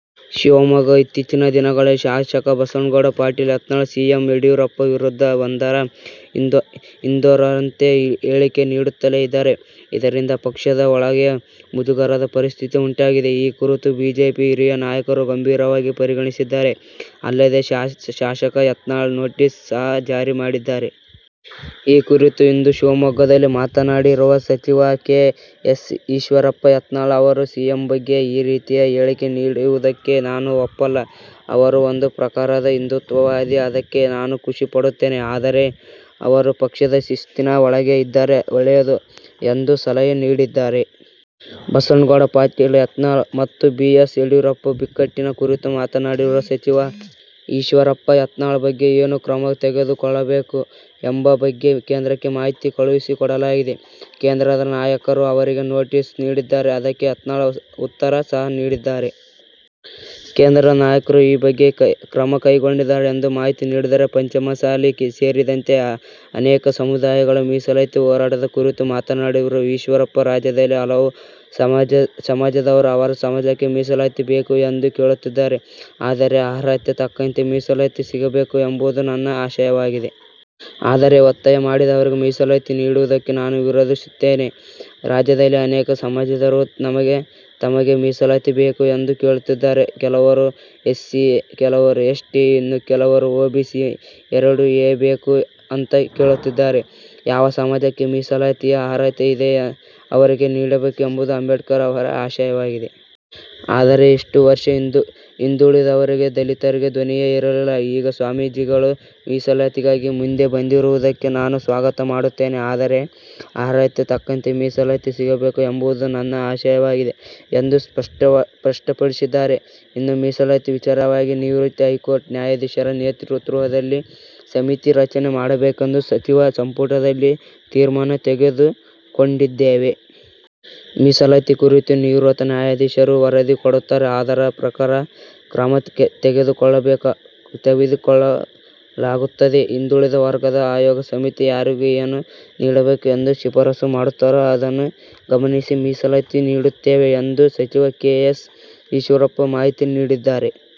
ಶಿವಮೊಗ್ಗ; ಇತ್ತೀಚಿನ ದಿನಗಳಲ್ಲಿ ಶಾಸಕ ಬಸನಗೌಡ ಪಾಟೀಲ್ ಯತ್ನಾಳ್ ಸಿಎಂ ಯಡಿಯೂರಪ್ಪ ವಿರುದ್ದ ಒಂದರ ಹಿಂದೊಂದರಂತೆ ಹೇಳಿಕೆ ನೀಡುತ್ತಲೇ ಇದ್ದಾರೆ. ಇದರಿಂದ ಪಕ್ಷದ ಒಳಗೆ ಮುಜುಗರದ ಪರಿಸ್ಥಿತಿ ಉಂಟಾಗಿದೆ. ಈ ಕುರಿತು ಬಿಜೆಪಿ ಹಿರಿಯ ನಾಯಕರು ಗಂಭೀರವಾಗಿ ಪರಿಗಣಿಸಿದ್ದಾರೆ. ಅಲ್ಲದೆ, ಶಾಸಕ ಯತ್ನಾಳ್ಗೆ ನೊಟೀಸ್ ಸಹ ಜಾರಿ ಮಾಡಿದ್ದಾರೆ. ಈ ಕುರಿತು ಇಂದು ಶಿವಮೊಗ್ಗದಲ್ಲಿ ಮಾತನಾಡಿರುವ ಸಚಿವ ಕೆ. ಎಸ್. ಈಶ್ವರಪ್ಪ, "ಯತ್ನಾಳ್ ಅವರು ಸಿಎಂ ಬಗ್ಗೆ ಈ ರೀತಿಯ ಹೇಳಿಕೆ ನೀಡುವುದಕ್ಕೆ ನಾನು ಒಪ್ಪಲ್ಲ. ಅವರು ಒಂದು ಪ್ರಕಾರದ ಹಿಂದೂತ್ವವಾದಿ ಅದಕ್ಕೆ ನಾನು ಖುಷಿ ಪಡುತ್ತೇನೆ. ಆದರೆ, ಅವರು ಪಕ್ಷದ ಶಿಸ್ತಿನ ಒಳಗೆ ಇದ್ದರೆ ಒಳ್ಳೆಯದು" ಎಂದು ಸಲಹೆ ನೀಡಿದ್ದಾರೆ. ಬಸನಗೌಡ ಪಾಟೀಲ್ ಯತ್ನಾಳ್ ಮತ್ತು ಬಿ. ಎಸ್. ಯಡಿಯೂರಪ್ಪ ಬಿಕ್ಕಟ್ಟಿನ ಕುರಿತು ಮಾತನಾಡಿರುವ ಸಚಿವ ಈಶ್ವರಪ್ಪ, "ಯತ್ನಾಳ್ ಬಗ್ಗೆ ಏನು ಕ್ರಮ ತೆಗೆದು ಕೊಳ್ಳಬೇಕು? ಎಂಬ ಬಗ್ಗೆ ಕೇಂದ್ರಕ್ಕೆ ಮಾಹಿತಿ ಕಳುಹಿಸಿ ಕೊಡಲಾಗಿದೆ. ಕೇಂದ್ರದ ನಾಯಕರು ಅವರಿಗೆ ನೋಟಿಸ್ ನೀಡಿದ್ದಾರೆ. ಅದಕ್ಕೆ ಯತ್ನಾಳ್ ಉತ್ತರ ಸಹ ನೀಡಿದ್ದಾರೆ. ಕೇಂದ್ರದ ನಾಯಕರು ಈ ಬಗ್ಗೆ ಕ್ರಮ ಕೈಗೊಳ್ಳಲಿದ್ದಾರೆ" ಎಂದು ಮಾಹಿತಿ ನೀಡಿದ್ದಾರೆ. ಪಂಚಮಸಾಲಿ ಸೇರಿದಂತೆ ಅನೇಕ ಸಮುದಾಯಗಳ ಮೀಸಲಾತಿ ಹೋರಾಟದ ಕುರಿತು ಮಾತನಾಡಿರುವ ಈಶ್ವರಪ್ಪ, "ರಾಜ್ಯದಲ್ಲಿ ಹಲವು ಸಮಾಜದವರು ಅವರ ಸಮಾಜಕ್ಕೆ ಮೀಸಲಾತಿ ಬೇಕು ಎಂದು ಕೇಳುತ್ತಿದ್ದಾರೆ. ಆದರೆ ಅರ್ಹತೆ ತಕ್ಕಂತೆ ಮೀಸಲಾತಿ ಸಿಗಬೇಕು ಎಂಬುದು ನನ್ನ ಆಶಯವಾಗಿದೆ. ಆದರೆ, ಒತ್ತಾಯ ಮಾಡಿದವರಿಗೆ ಮೀಸಲಾತಿ ನೀಡುವುದಕ್ಕೆ ನಾನು ವಿರೋಧಿಸುತ್ತೇನೆ. ರಾಜ್ಯದಲ್ಲಿ ಅನೇಕ ಸಮಾಜದವರು ತಮಗೆ ಮೀಸಲಾತಿ ಬೇಕು ಎಂದು ಕೇಳುತ್ತಿದ್ದಾರೆ. ಕೆಲವರು ಎಸ್ಸಿ, ಕೆಲವರು ಎಸ್ಟಿ, ಇನ್ನು ಕೆಲವರು ಒಬಿಸಿ, ಎರಡು ಎ ಬೇಕು ಅಂತ ಕೇಳುತ್ತಿದ್ದಾರೆ. ಯಾವ ಸಮಾಜಕ್ಕೆ ಮೀಸಲಾತಿಯ ಅರ್ಹತೆ ಇದೆ ಅವರಿಗೆ ನೀಡಬೇಕು ಎಂಬುದು ಅಂಬೇಡ್ಕರ್ ಅವರ ಆಶಯವಾಗಿದೆ. ಆದರೆ ಇಷ್ಟು ವರ್ಷ ಹಿಂದುಳಿದವರಿಗೆ ದಲಿತರಿಗೆ ಧ್ವನಿಯೇ ಇರಲಿಲ್ಲ. ಈಗ ಸ್ವಾಮೀಜಿಗಳು ಮೀಸಲಾತಿಗಾಗಿ ಮುಂದೆ ಬಂದಿರುವುದಕ್ಕೆ ನಾನು ಸ್ವಾಗತ ಮಾಡುತ್ತೇನೆ. ಆದರೆ, ಅರ್ಹತೆ ತಕ್ಕಂತೆ ಮೀಸಲಾತಿ ಸಿಗಬೇಕು ಎಂಬುದು ನನ್ನ ಆಶಯವಾಗಿದೆ" ಎಂದು ಸ್ಪಷ್ಟಪಡಿಸಿದ್ದಾರೆ. "ಇನ್ನು ಮೀಸಲಾತಿ ವಿಚಾರವಾಗಿ ನಿವೃತ್ತ ಹೈಕೋರ್ಟ್ ನ್ಯಾಯಾಧೀಶರ ನೇತೃತ್ವದಲ್ಲಿ ಸಮಿತಿ ರಚನೆ ಮಾಡಬೇಕೆಂದು ಸಚಿವ ಸಂಪುಟದಲ್ಲಿ ತೀರ್ಮಾನ ತೆಗೆದು ಕೊಂಡಿದ್ದೇವೆ. ಮೀಸಲಾತಿ ಕುರಿತು ನಿವೃತ್ತ ನ್ಯಾಯಾಧೀಶರು ವರದಿ ಕೊಡುತ್ತಾರೆ. ಅದರ ಪ್ರಕಾರ ಕ್ರಮ ತೆಗೆದು ಕೊಳ್ಳಲಾಗುತ್ತದೆ. ಹಿಂದುಳಿದ ವರ್ಗದ ಆಯೋಗ ಸಮಿತಿ ಯಾರಿಗೆ ಏನು ನೀಡಬೇಕು ಎಂದು ಶಿಫಾರಸು ಮಾಡುತ್ತಾರೋ ಅದನ್ನು ಗಮನಿಸಿ ಮೀಸಲಾತಿ ನೀಡುತ್ತೇವೆ" ಎಂದು ಸಚಿವ ಕೆ. ಎಸ್. ಈಶ್ವರಪ್ಪ ಮಾಹಿತಿ ನೀಡಿದ್ದಾರೆ.